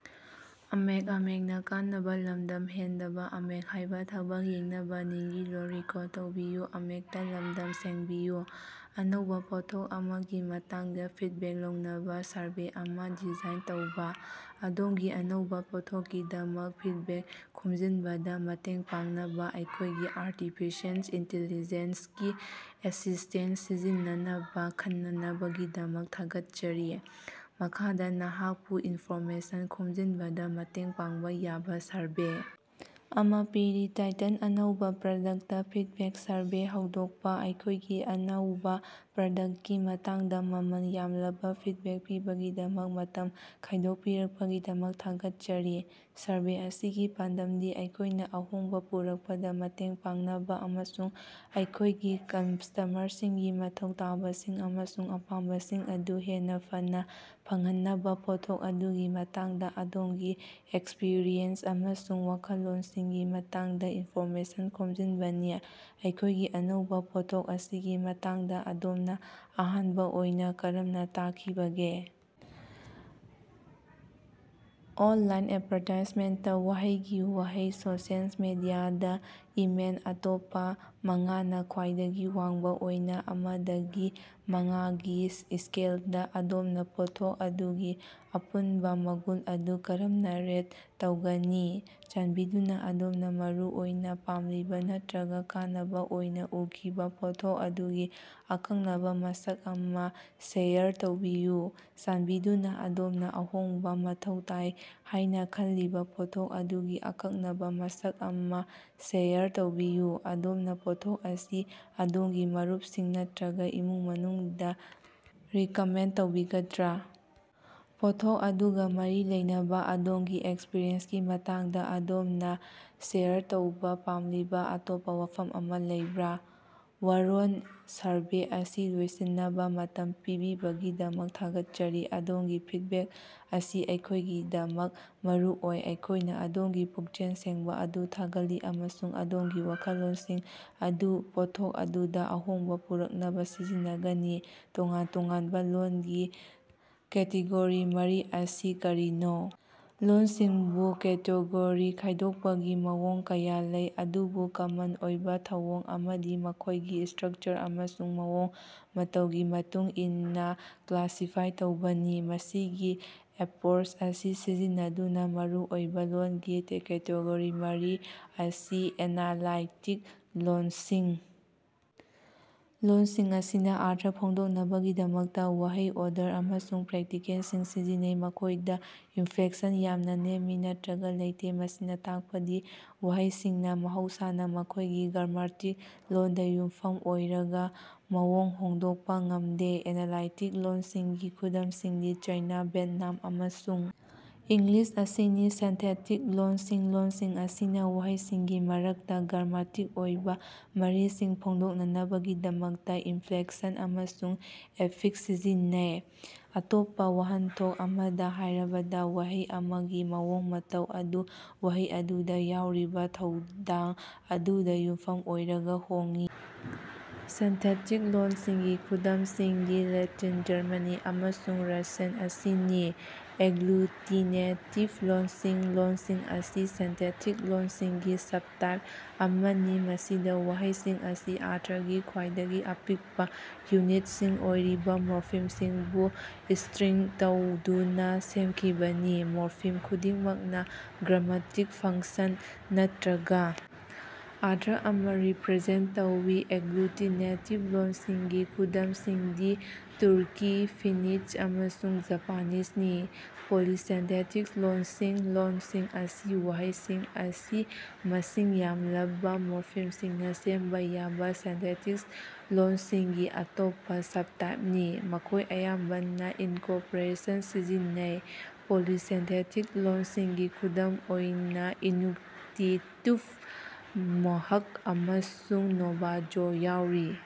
ꯑꯅꯧꯕ ꯄꯣꯠꯊꯣꯛ ꯑꯃꯒꯤ ꯃꯇꯥꯡꯗ ꯐꯤꯗꯕꯦꯛ ꯂꯧꯅꯕ ꯁꯔꯚꯦ ꯑꯃ ꯗꯤꯖꯥꯏꯟ ꯇꯧꯕ꯫ ꯑꯗꯣꯝꯒꯤ ꯑꯅꯧꯕ ꯄꯣꯠꯊꯣꯛꯀꯤꯗꯃꯛ ꯐꯤꯗꯕꯦꯛ ꯈꯣꯝꯖꯤꯟꯕꯗ ꯃꯇꯦꯡ ꯄꯥꯡꯅꯕ ꯑꯩꯈꯣꯏꯒꯤ ꯑꯥꯔꯇꯤꯐꯤꯁꯤꯑꯦꯜ ꯏꯟꯇꯤꯂꯤꯖꯦꯟꯁ ꯀꯤ ꯑꯦꯁꯤꯁꯇꯦꯟꯇ ꯁꯤꯖꯤꯟꯅꯅꯕ ꯈꯟꯅꯅꯕꯒꯤꯗꯃꯛ ꯊꯥꯒꯠꯆꯔꯤ꯫ ꯃꯈꯥꯗ ꯅꯍꯥꯛꯄꯨ ꯏꯟꯐꯣꯔꯃꯦꯁꯟ ꯈꯣꯝꯖꯤꯟꯕꯗ ꯃꯇꯦꯡ ꯄꯥꯡꯕ ꯌꯥꯕ ꯁꯔꯚꯦ ꯑꯃ ꯄꯤꯔꯤ, ꯇꯥꯏꯇꯜ - ꯑꯅꯧꯕꯥ ꯄ꯭ꯔꯗꯛꯇ ꯐꯤꯗꯕꯦꯛ ꯁꯔꯚꯦ ꯍꯧꯗꯣꯛꯄ - ꯑꯩꯈꯣꯏꯒꯤ ꯑꯅꯧꯕꯥ ꯄ꯭ꯔꯗꯛꯇꯀꯤ ꯃꯇꯥꯡꯗ ꯃꯃꯜ ꯌꯥꯝꯂꯕ ꯐꯤꯗꯕꯦꯛ ꯄꯤꯕꯒꯤꯗꯃꯛ ꯃꯇꯝ ꯈꯥꯏꯊꯣꯛꯄꯤꯕꯒꯤꯗꯃꯛ ꯊꯥꯒꯠꯆꯔꯤ꯫ ꯁꯔꯚꯦ ꯑꯁꯤꯒꯤ ꯄꯥꯟꯗꯝꯗꯤ ꯑꯩꯈꯣꯏꯅ ꯑꯍꯣꯡꯕ ꯄꯨꯔꯛꯄꯗ ꯃꯇꯦꯡ ꯄꯥꯡꯅꯕ ꯑꯃꯁꯨꯡ ꯑꯩꯈꯣꯏꯒꯤ ꯀꯁ꯭ꯇꯃꯔꯁꯤꯡꯒꯤ ꯃꯊꯧ ꯇꯥꯕꯁꯤꯡ ꯑꯃꯁꯨꯡ ꯑꯄꯥꯝꯕꯁꯤꯡ ꯑꯗꯨ ꯍꯦꯟꯅ ꯐꯅꯥ ꯐꯪꯍꯟꯅꯕ ꯄꯣꯠꯊꯣꯛ ꯑꯗꯨꯒꯤ ꯃꯇꯥꯡꯗ ꯑꯗꯣꯝꯒꯤ ꯑꯦꯛꯁꯄ꯭ꯔꯤꯌꯦꯟꯁ ꯑꯃꯁꯨꯡ ꯋꯥꯈꯜꯂꯣꯟꯁꯤꯡꯒꯤ ꯃꯇꯥꯡꯗ ꯏꯟꯐꯣꯔꯃꯦꯁꯟ ꯈꯣꯝꯖꯤꯟꯕꯅꯤ꯫ ꯑꯩꯈꯣꯏꯒꯤ ꯑꯅꯧꯕ ꯄꯣꯠꯊꯣꯛ ꯑꯁꯤꯒꯤ ꯃꯇꯥꯡꯗ ꯑꯗꯣꯝꯅ ꯑꯍꯥꯟꯕ ꯑꯣꯏꯅ ꯀꯔꯝꯅ ꯇꯥꯈꯤꯕꯒꯦ? ꯑꯣꯟꯂꯥꯏꯟ ꯑꯦꯗꯚꯥꯔꯇꯥꯏꯖꯃꯦꯟꯇ ꯋꯥꯍꯩꯒꯤ ꯋꯥꯍꯩ ꯁꯣꯁꯤꯌꯦꯜ ꯃꯤꯗꯤꯌꯥꯗ ꯏꯃꯦꯜ ꯑꯇꯣꯞꯄ ꯃꯉꯥꯅ ꯈ꯭ꯋꯥꯏꯗꯒꯤ ꯋꯥꯡꯕ ꯑꯣꯏꯅ ꯑꯃ ꯗꯒꯤ ꯃꯉꯥꯒꯤ ꯁ꯭ꯀꯦꯜꯗ, ꯑꯗꯣꯝꯅ ꯄꯣꯠꯊꯣꯛ ꯑꯗꯨꯒꯤ ꯑꯄꯨꯟꯕ ꯃꯒꯨꯟ ꯑꯗꯨ ꯀꯔꯝꯅ ꯔꯦꯠ ꯇꯧꯒꯅꯤ? ꯆꯥꯟꯕꯤꯗꯨꯅ ꯑꯗꯣꯝꯅ ꯃꯔꯨꯑꯣꯏꯅ ꯄꯥꯝꯂꯤꯕ ꯅꯠꯇꯔꯒ ꯀꯥꯟꯅꯕ ꯑꯣꯏꯅ ꯎꯈꯤꯕ ꯄꯣꯠꯊꯣꯛ ꯑꯗꯨꯒꯤ ꯑꯀꯛꯅꯕ ꯃꯁꯛ ꯑꯃ ꯁꯦꯌꯔ ꯇꯧꯕꯤꯌꯨ ꯫ꯆꯥꯟꯕꯤꯗꯨꯅ ꯑꯗꯣꯝꯅ ꯑꯍꯣꯡꯕ ꯃꯊꯧ ꯇꯥꯏ ꯍꯥꯏꯅ ꯈꯜꯂꯤꯕ ꯄꯣꯠꯊꯣꯛ ꯑꯗꯨꯒꯤ ꯑꯀꯛꯅꯕꯥ ꯃꯁꯛ ꯑꯃ ꯁꯦꯌꯔ ꯇꯧꯕꯤꯌꯨ꯫ ꯑꯗꯣꯝꯅ ꯄꯣꯠꯊꯣꯛ ꯑꯁꯤ ꯑꯗꯣꯝꯒꯤ ꯃꯔꯨꯞꯁꯤꯡ ꯅꯠꯇꯔꯒ ꯏꯃꯨꯡ ꯃꯅꯨꯡꯗ ꯔꯤꯀꯃꯦꯟꯗ ꯇꯧꯕꯤꯒꯗ꯭ꯔꯥ? ꯄꯣꯠꯊꯣꯛ ꯑꯗꯨꯒ ꯃꯔꯤ ꯂꯩꯅꯕꯥ ꯑꯗꯣꯝꯒꯤ ꯑꯦꯛꯁꯄ꯭ꯔꯤꯌꯦꯟꯁꯀꯤ ꯃꯇꯥꯡꯗ ꯑꯗꯣꯝꯅ ꯁꯦꯌꯔ ꯇꯧꯕ ꯄꯥꯝꯂꯤꯕ ꯑꯇꯣꯞꯄ ꯋꯥꯐꯝ ꯑꯃ ꯂꯩꯕꯔꯥ? ꯋꯥꯔꯣꯜ- ꯁꯔꯚꯦ ꯑꯁꯤ ꯂꯣꯏꯁꯤꯟꯅꯕ ꯃꯇꯝ ꯄꯤꯕꯤꯕꯒꯤꯗꯃꯛ ꯊꯥꯒꯠꯆꯔꯤ, ꯑꯗꯣꯝꯒꯤ ꯐꯤꯗꯕꯦꯛ ꯑꯁꯤ ꯑꯩꯈꯣꯏꯒꯤꯗꯃꯛ ꯃꯔꯨ ꯑꯣꯏ꯫ ꯑꯩꯈꯣꯏꯅ ꯑꯗꯣꯝꯒꯤ ꯄꯨꯛꯆꯦꯜ ꯁꯦꯡꯕ ꯑꯗꯨ ꯊꯥꯒꯠꯂꯤ ꯑꯃꯁꯨꯡ ꯑꯗꯣꯝꯒꯤ ꯋꯥꯈꯜꯂꯣꯟꯁꯤꯡ ꯑꯗꯨ ꯄꯣꯠꯊꯣꯛ ꯑꯗꯨꯗ ꯑꯍꯣꯡꯕ ꯄꯨꯔꯛꯅꯕ ꯁꯤꯖꯤꯟꯅꯒꯅꯤ꯫ ꯇꯣꯉꯥꯟ-ꯇꯣꯉꯥꯟꯕ ꯂꯣꯜꯒꯤ ꯀꯦꯇꯦꯒꯣꯔꯤ ꯃꯔꯤ ꯑꯁꯤ ꯀꯔꯤꯅꯣ? ꯂꯣꯜꯁꯤꯡꯕꯨ ꯀꯦꯇꯦꯒꯣꯔꯤ ꯈꯥꯏꯗꯣꯛꯄꯒꯤ ꯃꯑꯣꯡ ꯀꯌꯥ ꯂꯩ, ꯑꯗꯨꯕꯨ ꯀꯃꯟ ꯑꯣꯏꯕ ꯊꯧꯑꯣꯡ ꯑꯃꯗꯤ ꯃꯈꯣꯏꯒꯤ ꯁ꯭ꯇꯔꯛꯆꯔ ꯑꯃꯁꯨꯡ ꯃꯑꯣꯡ ꯃꯇꯧꯒꯤ ꯃꯇꯨꯡ ꯏꯟꯅ ꯀ꯭ꯂꯥꯁꯤꯐꯥꯏ ꯇꯧꯕꯅꯤ꯫ ꯃꯁꯤꯒꯤ ꯑꯦꯄ꯭ꯔꯣꯆ ꯑꯁꯤ ꯁꯤꯖꯤꯟꯅꯗꯨꯅ ꯃꯔꯨ ꯑꯣꯏꯕ ꯂꯣꯜꯒꯤ ꯀꯦꯇꯦꯒꯣꯔꯤ ꯃꯔꯤ ꯑꯁꯤ - ꯑꯦꯅꯥꯂꯥꯏꯇꯤꯛ ꯂꯣꯜꯁꯤꯡ -ꯂꯣꯜꯁꯤꯡ ꯑꯁꯤꯅ ꯑꯔꯊ ꯐꯣꯡꯗꯣꯛꯅꯕꯒꯤꯗꯃꯛ ꯋꯥꯍꯩ ꯑꯣꯔꯗꯔ ꯑꯃꯁꯨꯡ ꯄꯥꯔꯇꯤꯀꯜꯁꯤꯡ ꯁꯤꯖꯤꯟꯅꯩ꯫ ꯃꯈꯣꯏꯗ ꯏꯟꯐ꯭ꯂꯦꯛꯁꯟ ꯌꯥꯝꯅ ꯅꯦꯝꯃꯤ ꯅꯠꯇꯔꯒ ꯂꯩꯇꯦ, ꯃꯁꯤꯅ ꯇꯥꯛꯄꯗꯤ ꯋꯥꯍꯩꯁꯤꯡꯅ ꯃꯍꯧꯁꯥꯅ ꯃꯈꯣꯏꯒꯤ ꯒ꯭ꯔꯥꯃꯦꯇꯤꯛ ꯔꯣꯜꯗ ꯌꯨꯝꯐꯝ ꯑꯣꯏꯔꯒ ꯃꯑꯣꯡ ꯍꯣꯡꯗꯣꯛꯄ ꯉꯝꯗꯦ꯫ ꯑꯦꯅꯥꯂꯥꯏꯇꯤꯛ ꯂꯣꯜꯁꯤꯡꯒꯤ ꯈꯨꯗꯝꯁꯤꯡꯗꯤ ꯆꯥꯏꯅꯥ, ꯚꯤꯌꯦꯠꯅꯥꯝ ꯑꯃꯁꯨꯡ ꯏꯪꯂꯤꯁ ꯑꯁꯤꯅꯤ꯫ ꯁꯤꯟꯊꯦꯇꯤꯛ ꯂꯣꯜꯁꯤꯡ -ꯂꯣꯜꯁꯤꯡ ꯑꯁꯤꯅ ꯋꯥꯍꯩꯁꯤꯡꯒꯤ ꯃꯔꯛꯇ ꯒ꯭ꯔꯥꯃꯦꯇꯤꯛ ꯑꯣꯏꯕꯥ ꯃꯔꯤꯁꯤꯡ ꯐꯣꯡꯗꯣꯛꯅꯕꯒꯤꯗꯃꯛꯇ ꯏꯟꯐ꯭ꯂꯦꯛꯁꯟ ꯑꯃꯁꯨꯡ ꯑꯦꯐꯤꯛꯁ ꯁꯤꯖꯤꯟꯅꯩ꯫ ꯑꯇꯣꯞꯄꯥ ꯋꯥꯍꯟꯊꯣꯛ ꯑꯃꯗꯥ ꯍꯥꯏꯔꯕꯗꯥ, ꯋꯥꯍꯩ ꯑꯃꯒꯤ ꯃꯑꯣꯡ ꯃꯇꯧ ꯑꯗꯨ ꯋꯥꯍꯩ ꯑꯗꯨꯗꯥ ꯌꯥꯎꯔꯤꯕꯥ ꯊꯧꯗꯥꯡ ꯑꯗꯨꯗꯥ ꯌꯨꯝꯐꯝ ꯑꯣꯏꯔꯒꯥ ꯍꯣꯡꯏ꯫ ꯁꯤꯟꯊꯦꯇꯤꯛ ꯂꯣꯜꯁꯤꯡꯒꯤ ꯈꯨꯗꯝꯁꯤꯡꯗꯤ ꯂꯦꯇꯤꯟ, ꯖꯔꯃꯅꯤ ꯑꯃꯁꯨꯡ ꯔꯨꯁꯤꯌꯥꯟ ꯑꯁꯤꯅꯤ꯫ ꯑꯦꯒ꯭ꯂꯨꯇꯤꯅꯦꯇꯤꯕ ꯂꯣꯜꯁꯤꯡ -ꯂꯣꯜꯁꯤꯡ ꯑꯁꯤ ꯁꯤꯟꯊꯦꯇꯤꯛ ꯂꯣꯜꯁꯤꯡꯒꯤ ꯁꯕꯇꯥꯏꯞ ꯑꯃꯅꯤ, ꯃꯁꯤꯗ ꯋꯥꯍꯩꯁꯤꯡ ꯑꯁꯤ ꯑꯔꯊꯒꯤ ꯈ꯭ꯋꯥꯏꯗꯒꯤ ꯑꯄꯤꯛꯄ ꯌꯨꯅꯤꯠꯁꯤꯡ ꯑꯣꯏꯔꯤꯕ ꯃꯣꯔꯐꯤꯝꯁꯤꯡꯕꯨ ꯁ꯭ꯇꯔꯤꯡ ꯇꯧꯗꯨꯅ ꯁꯦꯝꯈꯤꯕꯅꯤ꯫ ꯃꯣꯔꯐꯤꯝ ꯈꯨꯗꯤꯡꯃꯛꯅ ꯒ꯭ꯔꯥꯃꯦꯇꯤꯛ ꯐꯪꯛꯁꯟ ꯅꯠꯇꯔꯒ ꯑꯔꯊ ꯑꯃ ꯔꯤꯄꯔꯖꯦꯟꯇ ꯇꯧꯏ꯫ ꯑꯦꯒ꯭ꯂꯨꯇꯤꯅꯦꯇꯤꯕ ꯂꯣꯜꯁꯤꯡꯒꯤ ꯈꯨꯗꯝꯁꯤꯡꯗꯤ ꯇꯨꯔꯀꯤ, ꯐꯤꯅꯤꯁ ꯑꯃꯁꯨꯡ ꯖꯄꯥꯅꯤꯖꯅꯤ꯫ ꯄꯣꯂꯤꯁꯤꯟꯊꯦꯇꯤꯛ ꯂꯣꯜꯁꯤꯡ - ꯂꯣꯜꯁꯤꯡ ꯑꯁꯤ ꯋꯥꯍꯩꯁꯤꯡ ꯑꯁꯤ ꯃꯁꯤꯡ ꯌꯥꯝꯂꯕꯥ ꯃꯣꯔꯐꯤꯝꯁꯤꯡꯅ ꯁꯦꯝꯕ ꯌꯥꯕ ꯁꯤꯟꯊꯦꯇꯤꯛ ꯂꯣꯜꯁꯤꯡꯒꯤ ꯑꯇꯣꯞꯄ ꯁꯕꯇꯥꯏꯞꯅꯤ꯫ ꯃꯈꯣꯏꯅ ꯑꯌꯥꯝꯕꯅ ꯏꯟꯀꯣꯔꯄꯣꯔꯦꯁꯟ ꯁꯤꯖꯤꯟꯅꯩ꯫ ꯄꯣꯂꯤꯁꯤꯟꯊꯦꯇꯤꯛ ꯂꯣꯜꯁꯤꯡꯒꯤ ꯈꯨꯗꯝ ꯑꯣꯏꯅ ꯏꯅꯨꯛꯇꯤꯇꯨꯠ, ꯃꯣꯍꯥꯛ ꯑꯃꯁꯨꯡ ꯅꯥꯚꯥꯖꯣ ꯌꯥꯎꯔꯤ꯫